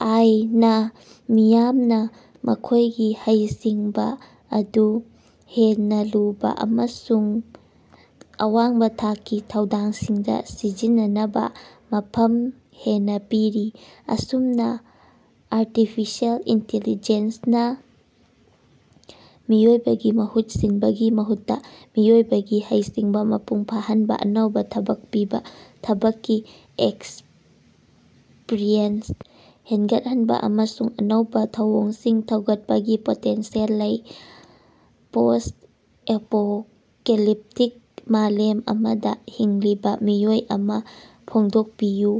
ꯑꯥꯏ. ꯅ ꯃꯤꯌꯥꯝꯅ ꯃꯈꯣꯏꯒꯤ ꯍꯩꯁꯤꯡꯕꯁꯤꯡ ꯑꯗꯨ ꯍꯦꯟꯅ ꯂꯨꯕ ꯑꯃꯁꯨꯡ ꯑꯋꯥꯡꯕ ꯊꯥꯛꯀꯤ ꯊꯧꯗꯥꯡꯁꯤꯡꯗ ꯁꯤꯖꯤꯟꯅꯅꯕ ꯃꯐꯝ ꯍꯦꯟꯅ ꯄꯤꯔꯤ꯫ ꯑꯁꯨꯝꯅ ꯑꯥꯔꯇꯤꯐꯤꯁꯦꯜ ꯏꯟꯇꯤꯂꯤꯖꯦꯟ ꯅ ꯃꯤꯑꯣꯏꯕꯒꯤ ꯃꯍꯨꯠ ꯁꯤꯟꯕꯒꯤ ꯃꯍꯨꯠꯇ ꯃꯤꯑꯣꯏꯕꯒꯤ ꯍꯩꯁꯤꯡꯕ ꯃꯄꯨꯡ ꯐꯥꯍꯟꯕ, ꯑꯅꯧꯕ ꯊꯕꯛ ꯄꯤꯕ, ꯊꯕꯛꯀꯤ ꯑꯦꯛꯁꯄ꯭ꯔꯤꯌꯦꯟꯁ ꯍꯦꯟꯒꯠꯍꯟꯕ, ꯑꯃꯁꯨꯡ ꯑꯅꯧꯕ ꯊꯧꯑꯣꯡꯁꯤꯡ ꯊꯧꯒꯠꯄꯒꯤ ꯄꯣꯇꯦꯟꯁꯤꯌꯦꯜ ꯂꯩ꯫ ꯄꯣꯁ-ꯑꯦꯄꯣꯀꯦꯂꯤꯞꯇꯤꯛ ꯃꯥꯂꯦꯝ ꯑꯃꯗ ꯍꯤꯡꯂꯤꯕ ꯃꯤꯑꯣꯏ ꯑꯃ ꯐꯣꯡꯗꯣꯛꯄꯤꯌꯨ꯫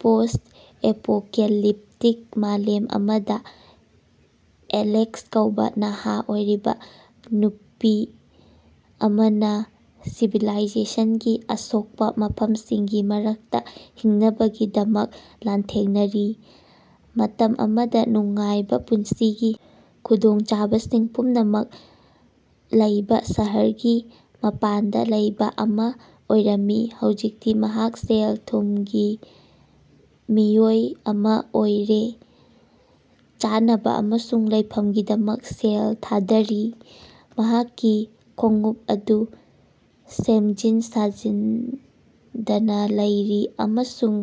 ꯄꯣꯁ-ꯑꯦꯄꯣꯀꯦꯂꯤꯞꯇꯤꯛ ꯃꯥꯂꯦꯝ ꯑꯃꯗ, ꯑꯦꯂꯦꯛꯁ ꯀꯧꯕ ꯅꯍꯥ ꯑꯣꯏꯔꯤꯕ ꯅꯨꯄꯤ ꯑꯃꯅ ꯁꯤꯚꯤꯂꯥꯏꯖꯦꯁꯟꯒꯤ ꯑꯁꯣꯛꯄ ꯃꯐꯝꯁꯤꯡꯒꯤ ꯃꯔꯛꯇ ꯍꯤꯡꯅꯕꯒꯤꯗꯃꯛ ꯂꯥꯟꯊꯦꯡꯅꯔꯤ꯫ ꯃꯇꯝ ꯑꯃꯗ ꯅꯨꯡꯉꯥꯏꯕ ꯄꯨꯟꯁꯤꯒꯤ ꯈꯨꯗꯣꯡꯆꯥꯕꯁꯤꯡ ꯄꯨꯝꯅꯃꯛ ꯂꯩꯕ ꯁꯍꯔꯒꯤ ꯃꯄꯥꯟꯗ ꯂꯩꯕ ꯑꯃ ꯑꯣꯏꯔꯝꯃꯤ, ꯍꯧꯖꯤꯛꯇꯤ ꯃꯍꯥꯛ ꯁꯦꯜ ꯊꯨꯝꯒꯤ ꯃꯤꯑꯣꯏ ꯑꯃ ꯑꯣꯏꯔꯦ, ꯆꯥꯅꯕ ꯑꯃꯁꯨꯡ ꯂꯩꯐꯝꯒꯤꯗꯃꯛ ꯁꯦꯜ ꯊꯥꯗꯔꯤ꯫ ꯃꯍꯥꯛꯀꯤ ꯈꯣꯡꯎꯞ ꯑꯗꯨ ꯁꯦꯝꯖꯤꯟ ꯁꯥꯖꯤꯟꯗꯅ ꯂꯩꯔꯤ ꯑꯃꯁꯨꯡ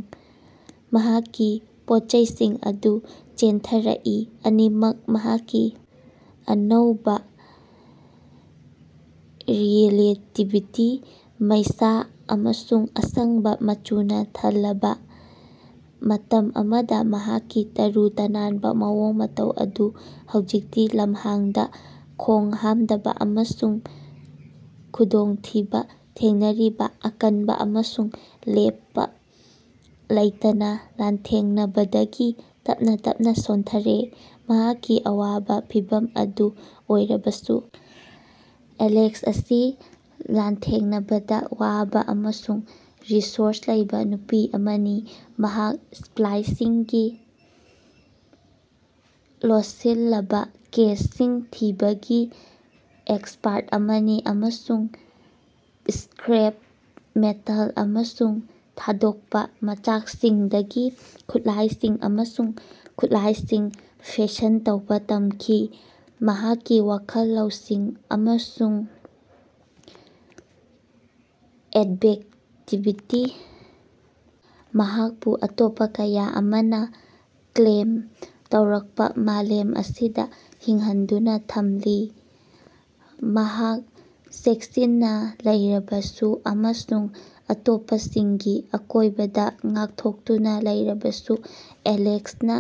ꯃꯍꯥꯛꯀꯤ ꯄꯣꯠꯆꯩꯁꯤꯡ ꯑꯗꯨ ꯆꯦꯟꯊꯔꯛꯏ, ꯑꯅꯤꯃꯛ ꯃꯍꯥꯛꯀꯤ ꯑꯅꯧꯕ ꯔꯤꯑꯦꯂꯤꯇꯤꯒꯤ ꯃꯩꯁꯥ ꯑꯃꯁꯨꯡ ꯑꯁꯪꯕ ꯃꯆꯨꯅ ꯊꯜꯂꯕ꯫ ꯃꯇꯝ ꯑꯃꯗ ꯃꯍꯥꯛꯀꯤ ꯇꯔꯨ ꯇꯅꯥꯟꯕ ꯃꯑꯣꯡ ꯃꯇꯧ ꯑꯗꯨ ꯍꯧꯖꯤꯛꯇꯤ ꯂꯝꯍꯥꯡꯗ ꯈꯣꯡꯍꯥꯝꯗꯕ ꯑꯃꯁꯨꯡ ꯈꯨꯗꯣꯡꯊꯤꯕ ꯊꯦꯡꯅꯔꯤꯕ ꯑꯀꯟꯕ ꯑꯃꯁꯨꯡ ꯂꯦꯞꯄ ꯂꯩꯇꯅ ꯂꯥꯟꯊꯦꯡꯅꯕꯗꯒꯤ ꯇꯞꯅ-ꯇꯞꯅ ꯁꯣꯟꯊꯔꯦ꯫ ꯃꯍꯥꯛꯀꯤ ꯑꯋꯥꯕ ꯐꯤꯚꯝ ꯑꯗꯨ ꯑꯣꯏꯔꯕꯁꯨ, ꯑꯦꯂꯦꯛꯁ ꯑꯁꯤ ꯂꯥꯟꯊꯦꯡꯅꯕꯗ ꯋꯥꯕ ꯑꯃꯁꯨꯡ ꯔꯤꯁꯣꯔꯁ ꯂꯩꯕ ꯅꯨꯄꯤ ꯑꯃꯅꯤ꯫ ꯃꯍꯥꯛ ꯁ꯭ꯄꯂꯥꯏꯁꯤꯡꯒꯤ ꯂꯣꯠꯁꯤꯜꯂꯕ ꯀꯦꯁꯁꯤꯡ ꯊꯤꯕꯒꯤ ꯑꯦꯛꯁꯄꯔꯠ ꯑꯃꯅꯤ, ꯑꯃꯁꯨꯡ ꯁ꯭ꯀꯔꯦꯞ ꯃꯦꯇꯜ ꯑꯃꯁꯨꯡ ꯊꯥꯗꯣꯛꯄ ꯃꯆꯥꯛꯁꯤꯡꯗꯒꯤ ꯈꯨꯠꯂꯥꯏꯁꯤꯡ ꯑꯃꯁꯨꯡ ꯈꯨꯠꯂꯥꯏꯁꯤꯡ ꯐꯦꯁꯟ ꯇꯧꯕ ꯇꯝꯈꯤ꯫ ꯃꯍꯥꯛꯀꯤ ꯋꯥꯈꯜ ꯂꯧꯁꯤꯡ ꯑꯃꯁꯨꯡ ꯑꯦꯗꯕꯦꯛꯇꯤꯕꯤꯇꯤꯅ ꯃꯍꯥꯛꯄꯨ ꯑꯇꯣꯞꯄ ꯀꯌꯥ ꯑꯃꯅ ꯀ꯭ꯂꯦꯝ ꯇꯧꯔꯛꯄ ꯃꯥꯂꯦꯝ ꯑꯁꯤꯗ ꯍꯤꯡꯍꯟꯗꯨꯅ ꯊꯝꯂꯤ꯫ ꯃꯍꯥꯛ ꯆꯦꯛꯁꯤꯟꯅ ꯂꯩꯔꯕꯁꯨ ꯑꯃꯁꯨꯡ ꯑꯇꯣꯞꯄꯁꯤꯡꯒꯤ ꯑꯀꯣꯏꯕꯗ ꯉꯥꯛꯊꯣꯛꯇꯨꯅ ꯂꯩꯔꯕꯁꯨ, ꯑꯦꯂꯦꯛꯁꯅ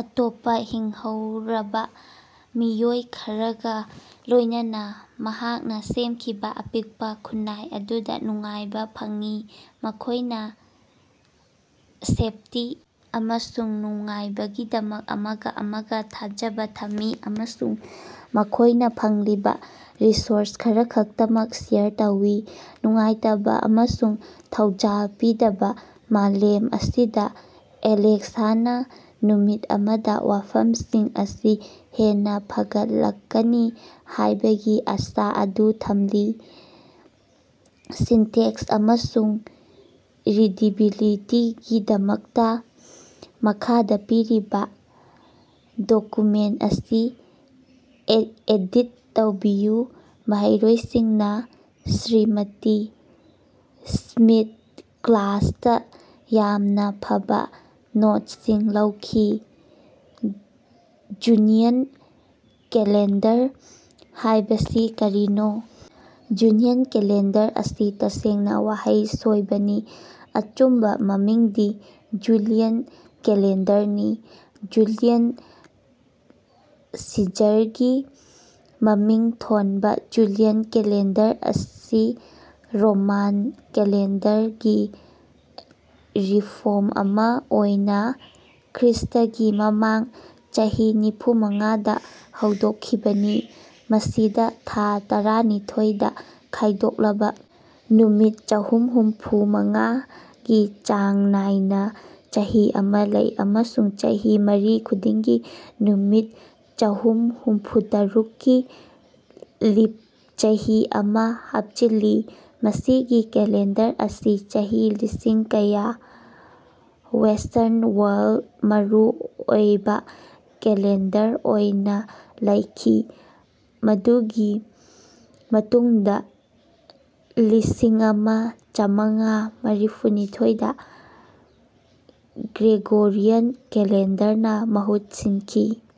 ꯑꯇꯣꯞꯄ ꯍꯤꯡꯍꯧꯔꯕ ꯃꯤꯑꯣꯏ ꯈꯔꯒ ꯂꯣꯏꯅꯅ ꯃꯍꯥꯛꯅ ꯁꯦꯝꯈꯤꯕ ꯑꯄꯤꯛꯄ ꯈꯨꯟꯅꯥꯏ ꯑꯗꯨꯗ ꯅꯨꯡꯉꯥꯏꯕ ꯐꯪꯏ꯫ ꯃꯈꯣꯏꯅ ꯁꯦꯐꯇꯤ ꯑꯃꯁꯨꯡ ꯅꯨꯡꯉꯥꯏꯕꯒꯤꯗꯃꯛ ꯑꯃꯒ-ꯑꯃꯒ ꯊꯥꯖꯕ ꯊꯝꯃꯤ, ꯑꯃꯁꯨꯡ ꯃꯈꯣꯏꯅ ꯐꯪꯂꯤꯕ ꯔꯤꯁꯣꯔꯁ ꯈꯔꯈꯛꯇꯃꯛ ꯁꯦꯌꯔ ꯇꯧꯏ꯫ ꯅꯨꯡꯉꯥꯏꯇꯕ ꯑꯃꯁꯨꯡ ꯊꯧꯖꯥꯜ ꯄꯤꯗꯕ ꯃꯥꯂꯦꯝ ꯑꯁꯤꯗ, ꯑꯦꯂꯦꯛꯁꯅ ꯅꯨꯃꯤꯠ ꯑꯃꯗ, ꯋꯥꯐꯝꯁꯤꯡ ꯑꯁꯤ ꯍꯦꯟꯅ ꯐꯒꯠꯂꯛꯀꯅꯤ ꯍꯥꯏꯕꯒꯤ ꯑꯁꯥ ꯑꯗꯨ ꯊꯝꯂꯤ꯫ ꯁꯤꯟꯇꯦꯛꯁ ꯑꯃꯁꯨꯡ ꯔꯤꯗꯤꯕꯤꯂꯤꯇꯤꯒꯤꯗꯃꯛꯇꯥ ꯃꯈꯥꯗ ꯄꯤꯔꯤꯕ ꯗꯣꯀ꯭ꯌꯨꯃꯦꯟꯠ ꯑꯁꯤ ꯑꯦꯗꯤꯠ ꯇꯧꯕꯤꯌꯨ: ꯃꯍꯩꯔꯣꯏꯁꯤꯡꯅ ꯁ꯭ꯔꯤꯃꯇꯤ ꯁ꯭ꯃꯤꯊ ꯀ꯭ꯂꯥꯁꯇꯥ ꯌꯥꯝꯅ ꯐꯕ ꯅꯣꯠꯁꯤꯡ ꯂꯧꯈꯤ꯫ ꯖꯨꯅꯤꯌꯟ ꯀꯦꯂꯦꯟꯗꯔ ꯍꯥꯏꯕꯁꯤ ꯀꯔꯤꯅꯣ? ꯖꯨꯅꯤꯌꯟ ꯀꯦꯂꯦꯟꯗꯔ ꯑꯁꯤ ꯇꯁꯦꯡꯅ ꯋꯥꯍꯩ ꯁꯣꯏꯕꯅꯤ ꯑꯆꯨꯝꯕ ꯃꯃꯤꯡꯗꯤ ꯖꯨꯂꯤꯌꯟ ꯀꯦꯂꯦꯟꯗꯔꯅꯤ꯫ ꯖꯨꯂꯤꯌꯟ ꯁꯤꯖꯔꯒꯤ ꯃꯃꯤꯡ ꯊꯣꯟꯕ ꯖꯨꯂꯤꯌꯟ ꯀꯦꯂꯦꯟꯗꯔ ꯑꯁꯤ ꯔꯣꯃꯥꯟ ꯀꯦꯂꯦꯟꯗꯔꯒꯤ ꯔꯤꯐꯣꯔꯝ ꯑꯃ ꯑꯣꯏꯅ ꯈ꯭ꯔꯤꯁꯇꯒꯤ ꯃꯃꯥꯡ ꯆꯍꯤ ꯅꯤꯐꯨꯃꯉꯥ ꯗ ꯍꯧꯗꯣꯛꯈꯤꯕꯅꯤ꯫ ꯃꯁꯤꯗ ꯊꯥ ꯇꯔꯥꯅꯤꯊꯣꯏ ꯗ ꯈꯥꯏꯗꯣꯛꯂꯕ ꯅꯨꯃꯤꯠ ꯆꯍꯨꯝꯍꯨꯝꯐꯨ-ꯃꯉꯥ ꯒꯤ ꯆꯥꯡ ꯅꯥꯏꯅ ꯆꯍꯤ ꯑꯃ ꯂꯩ, ꯑꯃꯁꯨꯡ ꯆꯍꯤ ꯃꯔꯤ ꯈꯨꯗꯤꯡꯒꯤ ꯅꯨꯃꯤꯠ ꯆꯍꯨꯝꯍꯨꯝꯐꯨ-ꯇꯔꯨꯛ ꯀꯤ ꯂꯤꯞ ꯆꯍꯤ ꯑꯃ ꯍꯥꯞꯆꯤꯟꯂꯤ꯫ ꯃꯁꯤꯒꯤ ꯀꯦꯂꯦꯟꯗꯔ ꯑꯁꯤ ꯆꯍꯤ ꯂꯤꯁꯤꯡ ꯀꯌꯥ ꯋꯦꯁ꯭ꯇꯔꯟ ꯋꯥꯔꯜꯗ ꯃꯔꯨ ꯑꯣꯏꯕ ꯀꯦꯂꯦꯟꯗꯔ ꯑꯣꯏꯅ ꯂꯩꯈꯤ, ꯃꯗꯨꯒꯤ ꯃꯇꯨꯡꯗ ꯂꯤꯁꯤꯡꯑꯃ ꯆꯃꯉꯥ ꯃꯔꯤꯐꯨꯅꯤꯊꯣꯏ ꯗ ꯒ꯭ꯔꯦꯒꯣꯔꯤꯌꯟ ꯀꯦꯂꯦꯟꯗꯔꯅ ꯃꯍꯨꯠ ꯁꯤꯟꯈꯤ꯫